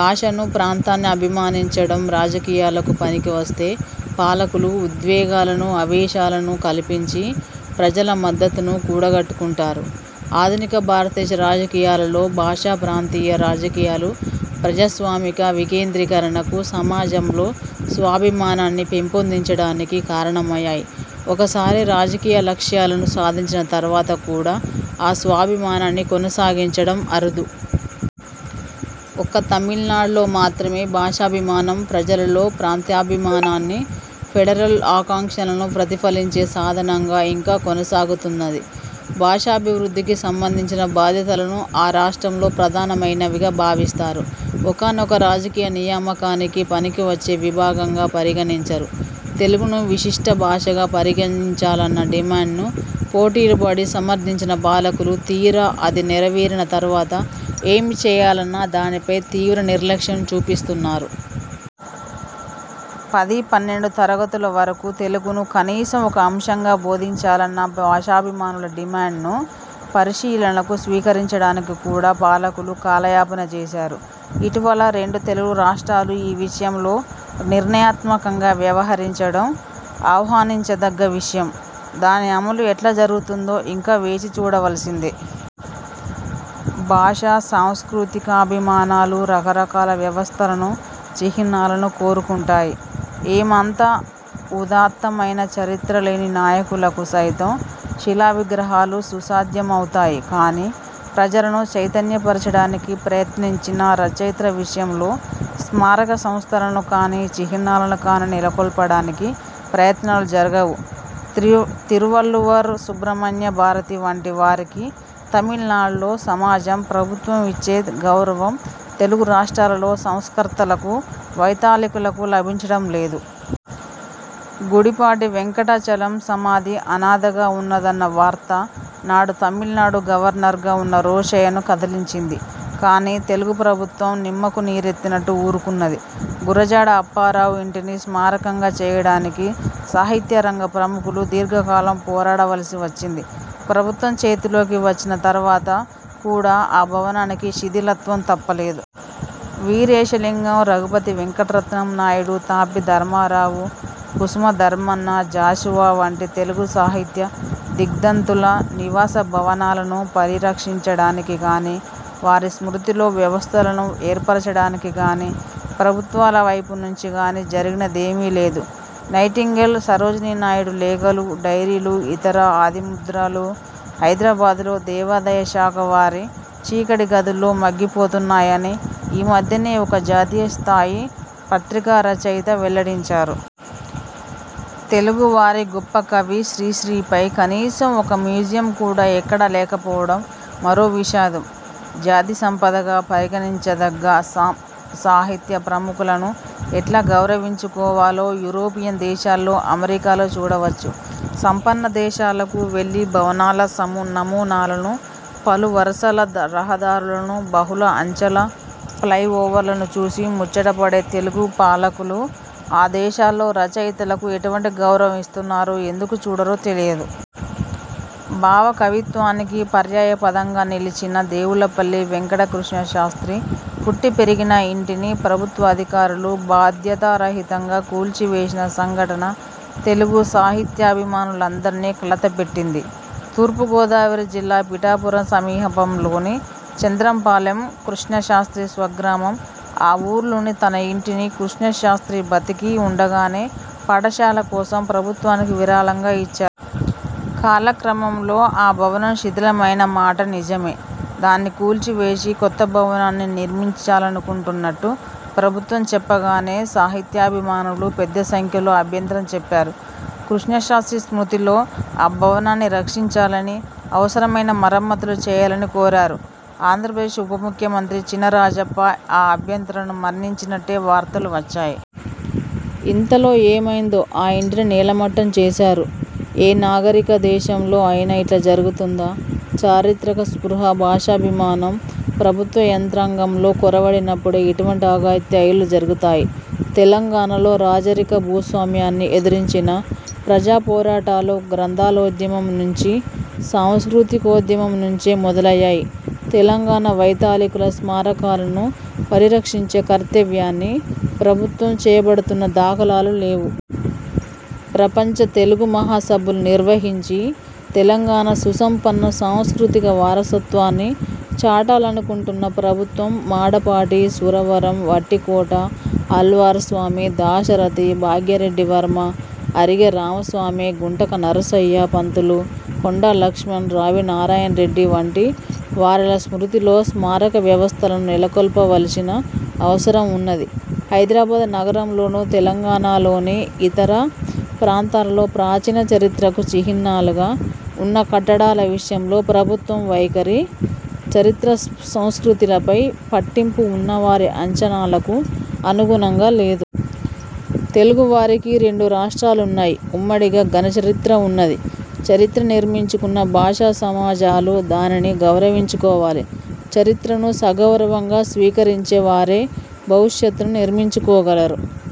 భాషను, ప్రాంతాన్ని అభిమానించడం రాజకీయాలకు పనికివస్తే పాలకులు, ఉద్వేగాలను, ఆవేశాలను కల్పించి ప్రజల మద్దతును కూడగట్టుకుంటారు. ఆధునిక భారతదేశ రాజకీయాలలో భాషాప్రాంతీయ రాజకీయాలు ప్రజాస్వామిక వికేంద్రీకరణకు, సమాజంలో స్వాభిమానాన్ని పెంపొందించడానికి కారణమయ్యాయి. ఒకసారి రాజకీయ లక్ష్యాలను సాధించిన తరువాత కూడా ఆ స్వాభిమానాన్ని కొనసాగించడం అరుదు. ఒక్క తమిళనాడులో మాత్రమే భాషాభిమానం ప్రజలలో ప్రాంతీయాభిమానాన్ని, ఫెడరల్ ఆకాంక్షలను ప్రతిఫలించే సాధనంగా ఇంకా కొనసాగుతున్నది. భాషాభివృద్ధికి సంబంధించిన బాధ్యతలను ఆ రాష్ట్రంలో ప్రధానమైనవిగా భావిస్తారు. ఒకానొక రాజకీయ నియామకానికి పనికివచ్చే విభాగంగా పరిగణించరు. తెలుగును విశిష్ట భాషగా పరిగణించాలన్న డిమాండ్ను పోటీలుపడి సమర్థించిన పాలకులు, తీరా అది నెరవేరిన తరువాత ఏమి చేయాలన్న దానిపై తీవ్రనిర్లక్ష్యం చూపిస్తున్నారు. పది, పన్నెండు తరగతుల వరకు తెలుగును కనీసం ఒక అంశంగా బోధించాలన్న భాషాభిమానుల డిమాండ్ను పరిశీలనకు స్వీకరించడానికి కూడా పాలకులు కాలయాపన చేశారు. ఇటీవల రెండు తెలుగు రాష్ట్రాలు ఈ విషయంలో నిర్ణయాత్మకంగా వ్యవహరించడం ఆహ్వానించదగ్గ విషయం. దాని అమలు ఎట్లా జరుగుతుందో ఇంకా వేచి చూడవలసిందే. భాషా సాంస్కృతికాభిమానాలు రకరకాల వ్యవస్థలను, చిహ్నాలను కోరుకుంటాయి. ఏమంత ఉదాత్తమయిన చరిత్రలేని నాయకులకు సైతం శిలావిగ్రహాలు సుసాధ్యమవుతాయి కానీ, ప్రజలను చైతన్యపరచడానికి ప్రయత్నించిన రచయితల విషయంలో స్మారక సంస్థలను కానీ, చిహ్నాలను కానీ నెలకొల్పడానికి ప్రయత్నాలు జరగవు. తిరువళ్లువర్, సుబ్రహ్మణ్యభారతి వంటి వారికి తమిళనాడులో సమాజం, ప్రభుత్వం ఇచ్చే గౌరవం తెలుగు రాష్ట్రాలలో సంస్కర్తలకు, వైతాళికులకు లభించడం లేదు. గుడిపాటి వెంకటచలం సమాధి అనాథగా ఉన్నదన్న వార్త, నాడు తమిళనాడు గవర్నర్గా ఉన్న రోశయ్యను కదిలించింది కానీ, తెలుగు ప్రభుత్వం నిమ్మకు నీరెత్తినట్టు ఊరుకున్నది. గురజాడ అప్పారావు ఇంటిని స్మారకంగా చేయడానికి సాహిత్యరంగ ప్రముఖులు దీర్ఘకాలం పోరాడవలసి వచ్చింది. ప్రభుత్వం చేతిలోకి వచ్చిన తరువాత కూడా ఆ భవనానికి శిథిలత్వం తప్పలేదు. వీరేశలింగం, రఘుపతి వెంకటరత్నం నాయుడు, తాపీధర్మారావు, కుసుమధర్మన్న, జాషువా వంటి తెలుగు సాహిత్య దిగ్దంతుల నివాసభవనాలను పరిరక్షించడానికి కానీ, వారి స్మృతిలో వ్యవస్థలను ఏర్పరచడానికి కానీ ప్రభుత్వాలవైపు నుంచి జరిగినదేమీ లేదు. నైటింగేల్ సరోజినీ నాయుడు లేఖలు, డైరీలు, ఇతర అముద్రితాలు హైదరాబాద్లో దేవాదాయశాఖవారి చీకటి గదుల్లో మగ్గిపోతున్నాయని ఈ మధ్యనే ఒక జాతీయస్థాయి పత్రికారచయిత వెల్లడించారు. తెలుగువారి గొప్ప కవి శ్రీశ్రీ పై కనీసం ఒక మ్యూజియం కూడా ఎక్కడా లేకపోవడం మరో విషాదం. జాతి సంపదగా పరిగణించదగ్గ సాహిత్య ప్రముఖులను ఎట్లా గౌరవించుకోవాలో, యూరోపియన్ దేశాల్లో, అమెరికాలో చూడవచ్చు. సంపన్న దేశాలకు వెళ్లి భవనాల నమూనాలను, పలువరుసల రహదారులను, బహుళ అంచెల ఫ్లయి ఓవర్లను చూసి ముచ్చటపడే తెలుగు పాలకులు, ఆ దేశాల్లో రచయితలకు ఎటువంటి గౌరవం ఇస్తున్నారో ఎందుకు చూడరో తెలియదు. భావకవిత్వానికి పర్యాయపదంగా నిలిచిన దేవులపల్లి వేంకట కృష్ణశాస్త్రి పుట్టిపెరిగిన ఇంటిని ప్రభుత్వాధికారులు బాధ్యతారహితంగా కూల్చివేసిన సంఘటన తెలుగు సాహిత్యాభిమానులందరినీ కలతపెట్టింది. తూర్పుగోదావరి జిల్లా పిఠాపురం సమీపంలోని చంద్రంపాలెం కృష్ణశాస్త్రి స్వగ్రామం. ఆ ఊర్లోని తన ఇంటిని కృష్ణశాస్త్రి బతికి ఉండగానే పాఠశాల కోసం ప్రభుత్వానికి విరాళంగా ఇచ్చారు. కాలక్రమంలో ఆ భవనం శిథిలమయిన మాట నిజమే. దాన్ని కూల్చివేసి, కొత్త భవనాన్ని నిర్మించాలనుకుంటున్నట్టు ప్రభుత్వం చెప్పగానే, సాహిత్యాభిమానులు పెద్దసంఖ్యలో అభ్యంతరం చెప్పారు. కృష్ణశాస్త్రి స్మృతిలో ఆ భవనాన్ని పరిరక్షించాలని, అవసరమైన మరమ్మత్తులు చేయాలని కోరారు. ఆంధ్రప్రదేశ్ ఉపముఖ్యమంత్రి చినరాజప్ప ఆ అభ్యర్థనను మన్నించినట్టే వార్తలు వచ్చాయి. ఇంతలో ఏమయిందో, ఆ ఇంటిని నేలమట్టం చేశారు. ఏ నాగరికదేశంలో అయినా ఇట్లా జరుగుతుందా? చారిత్రక స్పృహ, భాషాభిమానం ప్రభుత్వయంత్రాంగంలో కొరవడినప్పుడే ఇటువంటి అఘాయిత్యాలు జరుగుతాయి. తెలంగాణలో రాచరిక భూస్వామ్యాన్ని ఎదిరించిన ప్రజాపోరాటాలు గ్రంథాలయోద్యమం నుంచి, సాంస్కృతికోద్యమం నుంచే మొదలయ్యాయి. తెలంగాణ వైతాళికుల స్మారకాలను పరిరక్షించే కర్తవ్యాన్ని ప్రభుత్వం చేపడుతున్న దాఖలాలు లేవు. ప్రపంచ తెలుగు మహాసభలు నిర్వహించి, తెలంగాణ సుసంపన్న సాంస్కృతిక వారసత్వాన్ని చాటాలనుకుంటున్న ప్రభుత్వం మాడపాటి, సురవరం, వట్టికోట ఆళ్వారుస్వామి, దాశరథి, భాగ్యరెడ్డివర్మ, అరిగే రామస్వామి, గుంటక నరసయ్య పంతులు, కొండాలక్ష్మణ్, రావినారాయణరెడ్డి వంటి వారల స్మృతిలో స్మారక వ్యవస్థలను నెలకొల్పవలసిన అవసరం ఉన్నది. హైదరాబాద్ నగరంలోను, తెలంగాణలోని ఇతర ప్రాంతాలలో ప్రాచీన చరిత్రకు చిహ్నాలుగా ఉన్న కట్టడాల విషయంలో ప్రభుత్వం వైఖరి, చరిత్ర, సంస్కృతిలపై పట్టింపు ఉన్నవారి ఆంచనాలకు అనుగుణంగా లేదు. తెలుగువారికి రెండు రాష్ట్రాలున్నాయి. ఉమ్మడిగా ఘనచరిత్ర ఉన్నది. చరిత్ర నిర్మించుకున్న భాషాసమాజాలు దానిని గౌరవించుకోవాలి. చరిత్రను సగౌరవంగా స్వీకరించేవారే భవిష్యత్తునూ నిర్మించుకోగలరు.